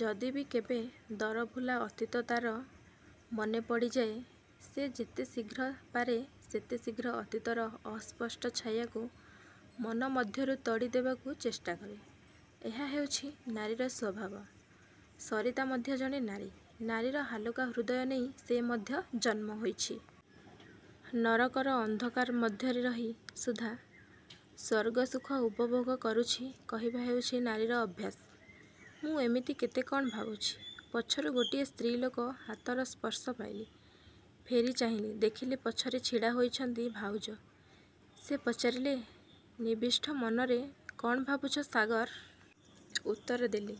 ଯଦି ବି କେବେ ଦରଭୁଲା ଅତୀତ ତା'ର ମନେପଡ଼ିଯାଏ ସେ ଯେତେ ଶୀଘ୍ର ପାରେ ସେତେ ଶୀଘ୍ର ଅତୀତର ଅସ୍ପଷ୍ଟ ଛାୟାକୁ ମନ ମଧ୍ୟରୁ ତଡ଼ି ଦେବାକୁ ଚେଷ୍ଟା କରେ। ଏହା ହେଉଛି ନାରୀର ସ୍ୱଭାବ। ସରିତା ମଧ୍ୟ ଜଣେ ନାରୀ। ନାରୀର ହାଲୁକା ହୃଦୟ ନେଇ ସେ ମଧ୍ୟ ଜନ୍ମ ହୋଇଛି। ନରକର ଅନ୍ଧକାର ମଧ୍ୟରେ ରହି ସୁଦ୍ଧା ସ୍ୱର୍ଗସୁଖ ଉପଭୋଗ କରୁଛି କହିବା ହେଉଛି ନାରୀର ଅଭ୍ୟାସ। ମୁଁ ଏମିତି କେତେ କ'ଣ ଭାବୁଛି। ପଛରୁ ଗୋଟିଏ ସ୍ତ୍ରୀ ଲୋକ ହାତର ସ୍ପର୍ଶ ପାଇଲି। ଫେରି ଚାହିଁଲି। ଦେଖିଲି ପଛରେ ଛିଡ଼ା ହୋଇଛନ୍ତି ଭାଉଜ। ସେ ପଚାରିଲେ, 'ନିବିଷ୍ଟ ମନରେ କ'ଣ ଭାବୁଛ ସାଗର? ' ଉତ୍ତରଦେଲି,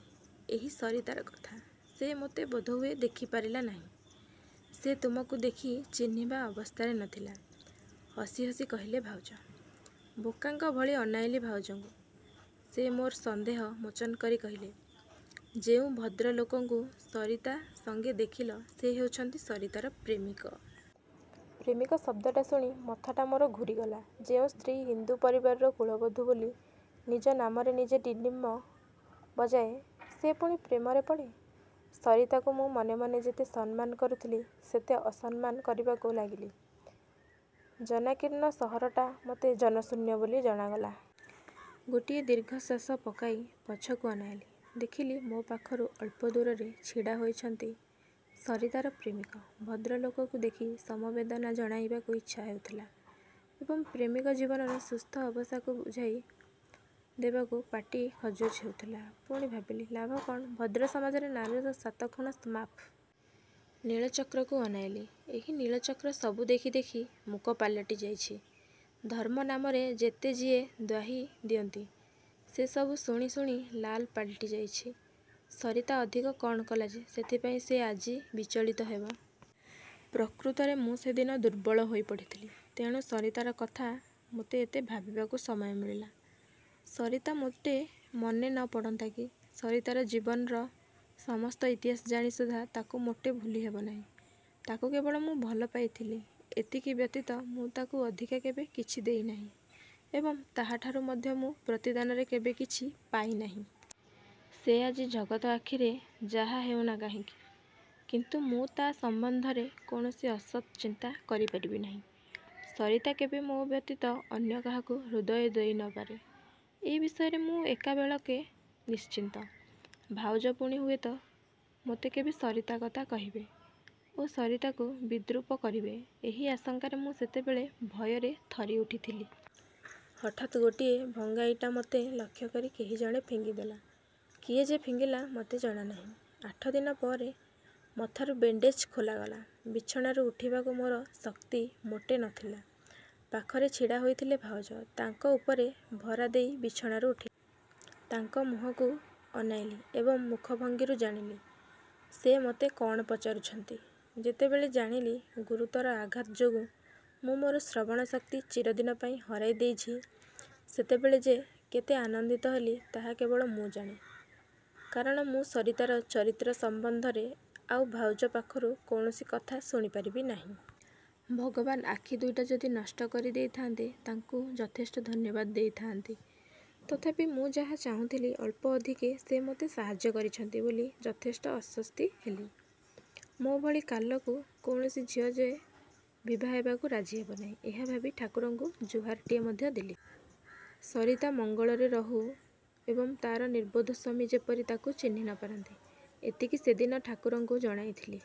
''ଏହି ସରିତାର କଥା। ସେ ମୋତେ ବୋଧହୁଏ ଦେଖି ପାରିଲା ନାହିଁ। '' ''ସେ ତୁମକୁ ଦେଖି ଚିହ୍ନିବା ଅବସ୍ଥାରେ ନ ଥିଲା। '' ହସି ହସି କହିଲେ ଭାଉଜ। ବୋକାଙ୍କଭଳି ଅନାଇଲି ଭାଉଜଙ୍କୁ। ସେ ମୋର ସନ୍ଦେହ ମୋଚନ କରି କହିଲେ, ''ଯେଉଁ ଭଦ୍ରଲୋକଙ୍କୁ ସରିତା ସଙ୍ଗେ ଦେଖିଲ, ସେ ହେଉଛନ୍ତି, ସରିତାର ପ୍ରେମିକ। '' ପ୍ରେମିକ ଶବ୍ଦଟା ଶୁଣି ମଥାଟା ମୋର ଘୂରିଗଲା। ଯେଉଁ ସ୍ତ୍ରୀ ହିନ୍ଦୁ ପରିବାରର କୁଳବଧୂ ବୋଲି ନିଜ ନାମରେ ନିଜେ ଡିଣ୍ଡିମ ବଜାଏ, ସେ ପୁଣି ପ୍ରେମରେ ପଡ଼େ? ସରିତାକୁ ମୁଁ ମନେମନେ ଯେତେ ସମ୍ମାନ କରୁଥିଲି ସେତେ ଅସମ୍ମାନ କରିବାକୁ ଲାଗିଲି। ଜନାକୀର୍ଣ୍ଣ ସହରଟା ମୋତେ ଜନଶୂନ୍ୟ ବୋଲି ଜଣାଗଲା। ଗୋଟିଏ ଦୀର୍ଘଶ୍ୱାସ ପକାଇ ପଛକୁ ଅନାଇଲି। ଦେଖିଲି ମୋ ପାଖରୁ ଅଳ୍ପଦୂରରେ ଛିଡ଼ାହୋଇଛନ୍ତି ସରିତାର ପ୍ରେମିକ-। ଭଦ୍ରଲୋକକୁ ଦେଖି ସମବେଦନା ଜଣାଇବାକୁ ଇଚ୍ଛା ହେଉଥିଲା ଏବଂ ପ୍ରେମିକ ଜୀବନର ସୁସ୍ଥ ଅବସ୍ଥାକୁ ବୁଝାଇ ଦେବାକୁ ପାଟି ଖଜ୍ବଜ୍ ହେଉଥିଲା। ପୁଣି ଭାବିଲି ଲାଭ କ'ଣ? ଭଦ୍ରସମାଜରେ ନାରୀର ସାତଖୁଣ ମାଫ। ନୀଳଚକ୍ରକୁ ଅନାଇଲି। ଏହି ନୀଳଚକ୍ର ସବୁ ଦେଖି ଦେଖି ମୂକ ପାଲଟି ଯାଇଛି। ଧର୍ମ ନାମରେ ଯେତେ ଯିଏ ଦ୍ୱାହି ଦିଅନ୍ତି, ସେ ସବୁ ଶୁଣି ଶୁଣି ଲାଲ ପାଲଟି ଯାଇଛି। ସରିତା ଅଧିକା କ'ଣ କଲା ଯେ ସେଥିପାଇଁ ସେ ଆଜି ବିଚଳିତ ହେବ? ପ୍ରକୃତରେ ମୁଁ ସେଦିନ ଦୁର୍ବଳ ହୋଇପଡ଼ିଥିଲି। ତେଣୁ ସରିତାର କଥା ମୋତେ ଏତେ ଭାବିବାକୁ ସମୟ ମିଳିଲା, ସରିତା ମୋଟେ ମନେ ନ ପଡ଼ନ୍ତା କି? ସରିତାର ଜୀବନର ସମସ୍ତ ଇତିହାସ ଜାଣି ସୁଦ୍ଧା ତାକୁ ମୋଟେ ଭୁଲିହେବ ନାହିଁ। ତାକୁ କେବଳ ମୁଁ ଭଲପାଇଥିଲି, ଏତିକି ବ୍ୟତୀତ ମୁଁ ତାକୁ ଅଧିକା କେବେ କିଛି ଦେଇନାହିଁ ଏବଂ ତାହାଠାରୁ ମଧ୍ୟ ମୁଁ ପ୍ରତିଦାନରେ କେବେ କିଛି ପାଇନାହିଁ। ସେ ଆଜି ଜଗତ ଆଖିରେ ଯାହା ହେଉନା କାହିଁକି, କିନ୍ତୁ ମୁଁ ତା' ସମ୍ବନ୍ଧରେ କୌଣସି ଅସତ୍ ଚିନ୍ତା କରିପାରିବି ନାହିଁ। ସରିତା କେବେ ମୋ ବ୍ୟତୀତ ଅନ୍ୟ କାହାକୁ ହୃଦୟ ଦେଇ ନ ପାରେ। ଏ ବିଷୟରେ ମୁଁ ଏକାବେଳକେ ନିଶ୍ଚିନ୍ତ। ଭାଉଜ ପୁଣି ହୁଏତ ମୋତେ କେବେ ସରିତା କଥା କହିବେ ଓ ସରିତାକୁ ବିଦ୍ରୂପ କରିବେ ଏହି ଆଶଙ୍କାରେ ମୁଁ ସେତେବେଳେ ଭୟରେ ଥରିଉଠିଥିଲି। ହଠାତ୍ ଗୋଟିଏ ଭଙ୍ଗାଇଟା ମୋତେ ଲକ୍ଷ୍ୟକରି କେହିଜଣେ ଫିଙ୍ଗି ଦେଲା। କିଏ ଯେ ଫିଙ୍ଗିଲା ମୋତେ ଜଣାନାହିଁ। ଆଠଦିନ ପରେ ମଥାରୁ ବେଣ୍ଡେଜ୍ ଖୋଲାଗଲା। ବିଛଣାରୁ ଉଠିବାକୁ ମୋର ଶକ୍ତି ମୋଟେ ନ ଥିଲା। ପାଖରେ ଛିଡ଼ା ହୋଇଥିଲେ ଭାଉଜ। ତାଙ୍କ ଉପରେ ଭରା ଦେଇ ବିଛଣାରୁ ଉଠିଲି। ତାଙ୍କ ମୁହଁକୁ ଅନାଇଲି ଏବଂ ମୁଖଭଙ୍ଗୀରୁ ଜାଣିଲି, ସେ ମୋତେ କ'ଣ ପଚାରୁଛନ୍ତି। ଯେତେବେଳେ ଜାଣିଲି ଗୁରୁତର ଆଘାତ ଯୋଗୁଁ ମୁଁ ମୋର ଶ୍ରବଣ ଶକ୍ତି ଚିରଦିନପାଇଁ ହରାଇ ଦେଇଛି, ସେତେବେଳେ ଯେ କେତେ ଆନନ୍ଦିତ ହେଲି ତାହା କେବଳ ମୁଁ ଜାଣେ, କାରଣ ମୁଁ ସରିତାର ଚରିତ୍ର ସମ୍ବନ୍ଧରେ ଆଉ ଭାଉଜ ପାଖରୁ କୌଣସି କଥା ଶୁଣିପାରିବି ନାହିଁ। ଭଗବାନ ଆଖି ଦୁଇଟା ଯଦି ନଷ୍ଟ କରି ଦେଇଥାନ୍ତେ ତାଙ୍କୁ ଯଥେଷ୍ଟ ଧନ୍ୟବାଦ ଦେଇଥାଆନ୍ତି। ତଥାପି ମୁଁ ଯାହା ଚାହୁଁଥିଲି ଅଳ୍ପଅଧିକେ ସେ ମୋତେ ସାହାଯ୍ୟ କରିଛନ୍ତି ବୋଲି ଯଥେଷ୍ଟ ଆଶ୍ୱସ୍ତି ହେଲି। ମୋ ଭଳି କାଲକୁ କୌଣସି ଝିଅ ଯେ ବିଭାହେବାକୁ ରାଜି ହେବନାହିଁ ଏହା ଭାବି ଠାକୁରଙ୍କୁ ଜୁହାରଟିଏ ମଧ୍ୟ ଦେଲି। 'ସରିତା ମଙ୍ଗଳରେ ରହୁ ଏବଂ ତା'ର ନିର୍ବୋଧ ସ୍ୱାମୀ ଯେପରି ତାକୁ ଚିହ୍ନି ନ ପାରନ୍ତି' ଏତିକି ସେଦିନ ଠାକୁରଙ୍କୁ ଜଣାଇଥିଲି।